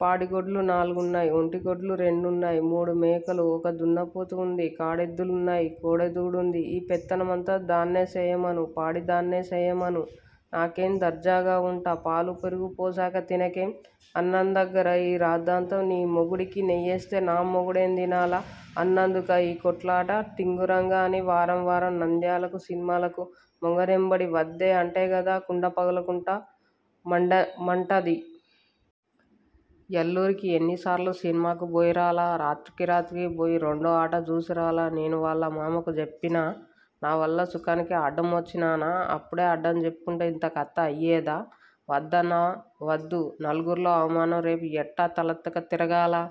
పాడి గొడ్లు నాలుగున్నాయి. ఒట్టి గొడ్లు రెండున్నాయి! మూడు మేకలు. ఒక దున్నపోతు వుంది. కాడెద్దులున్నాయి కోడెదూడుంది! ఈ పెత్తనం మంతా దాన్నే సేయ్యమను పాడి దాన్నే సేయ్యమను. నాకేం దర్జాగా వుంటా. పాలు పెరుగు పోసక తినకే అన్నందుగ్గదా యీ రాద్దాంతం! నీ మొగునికి నెయ్యేస్తే నా మొగుడేం దినాల అన్నదుగ్గాదా యీ కొట్లాట టింగురంగ అని వారం వారం నంద్యాలకు సినిమాలకు మొగ నెంబడి వద్దే అంటే గదా కుండ పగలగొట్ట మంటండది! యాల్లూరికి ఎన్ని సార్లు సినిమాకు బొయ్యిరాలా రాత్రి రాత్రికి పోయి రెండో అట జూసిరాలా? నేను వాల్ల మామకు జెప్పినా నావాల్ల సుకానికి అడమోచ్చినానా? అప్పుడే అడ్డం జెప్పింటే యింత కత అయ్యేదా? వద్దన్నా వద్దు నలుగుర్లో అవమానం రేపు ఎట్టా తలెత్తక తిరగాలా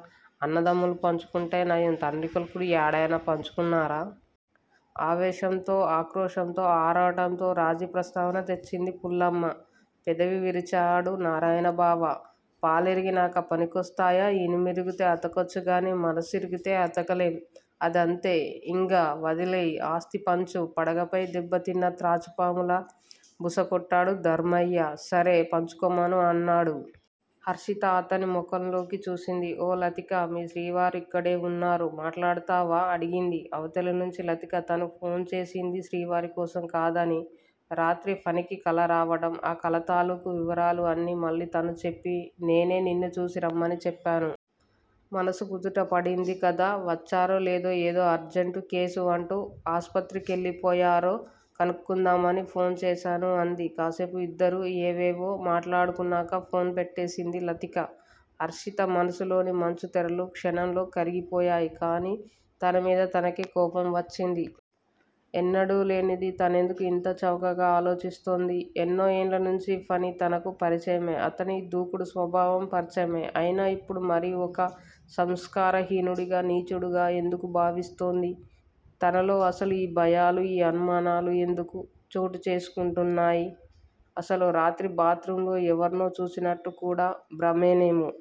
అన్నదమ్ములు పంచుకుంటే నయం తండ్రి కొడుకులు యాడనైనా పంచుకున్నారా? ఆవేశంతో, ఆక్రోశంతో, ఆరాటంతో రాజీ ప్రస్తావన తెచ్చింది పుల్లమ్మ. పెదవి విరిచాడు నారాయణ 'బావా! పాలిరిగినక పనికోస్తయ్యా! ఇనుమిరిగితే అతకొచ్చు. కానీ మనసిరిగితే అతకలెం! అదంతే! యింగ వదిలేయ్! ఆస్థి పంచు. పడగపై దెబ్బ తిన్న తాచుపాములా బుస కొట్టాడు ధర్మయ్య. సరే పంచుకోమను! అన్నాడు. హర్షిత అతని మొహంలోకి చూసింది? ఓ లతికా! మీ శ్రీవారు ఇక్కడే వున్నారు. మాట్లాడతావా? అడిగింది. అవతలినుంచి లతిక తను ఫోన్ చేసింది శ్రీవారి కోసం కాదనీ, రాత్రి ఫణికి కల రావడం, ఆ కల తాలూకు వివరాలూ అన్నీ మళ్ళీ తనూ చెప్పి, నేనే నిన్ను చూసి రమ్మని చెప్పాను. మనసు కుదుట పడుతుంది కదా! వచ్చారో లేదో ఏదో అర్జంటు కేసు అంటూ ఆసుపత్రికెళ్ళిపోయారో కనుక్కుందామని ఫోన్ చేశాను అంది. కాసేపు ఇద్దరూ ఏవేవో మాట్లాడుకున్నాక ఫోన్ పెట్టేసింది లతిక. హర్షిత మనసులోని మంచుతెరలు క్షణంలో కరిగిపోయాయి. కానీ తన మీద తనకే కోపం వచ్చింది. ఎన్నడూ లేనిది తనెందుకు ఇంత చవకగా ఆలోచిస్తోంది? ఎన్నో ఏళ్ళనుంచి ఫణి తనకు పరిచయమే. అతని దుడుకు స్వభావం పరిచయమే! అయినా ఇప్పుడు మరీ ఒక సంస్కారహీనుడిగా, నీచుడిగా ఎందుకు భావిస్తోంది? తనలో అసలు ఈ భయాలూ, ఈ అనుమానాలూ ఎందుకు చోటుచేసుకుంటున్నాయ్? అసలు రాత్రి బాత్ రూంలో ఎవరినో చూసినట్టు కూడా భ్రమేనేమో?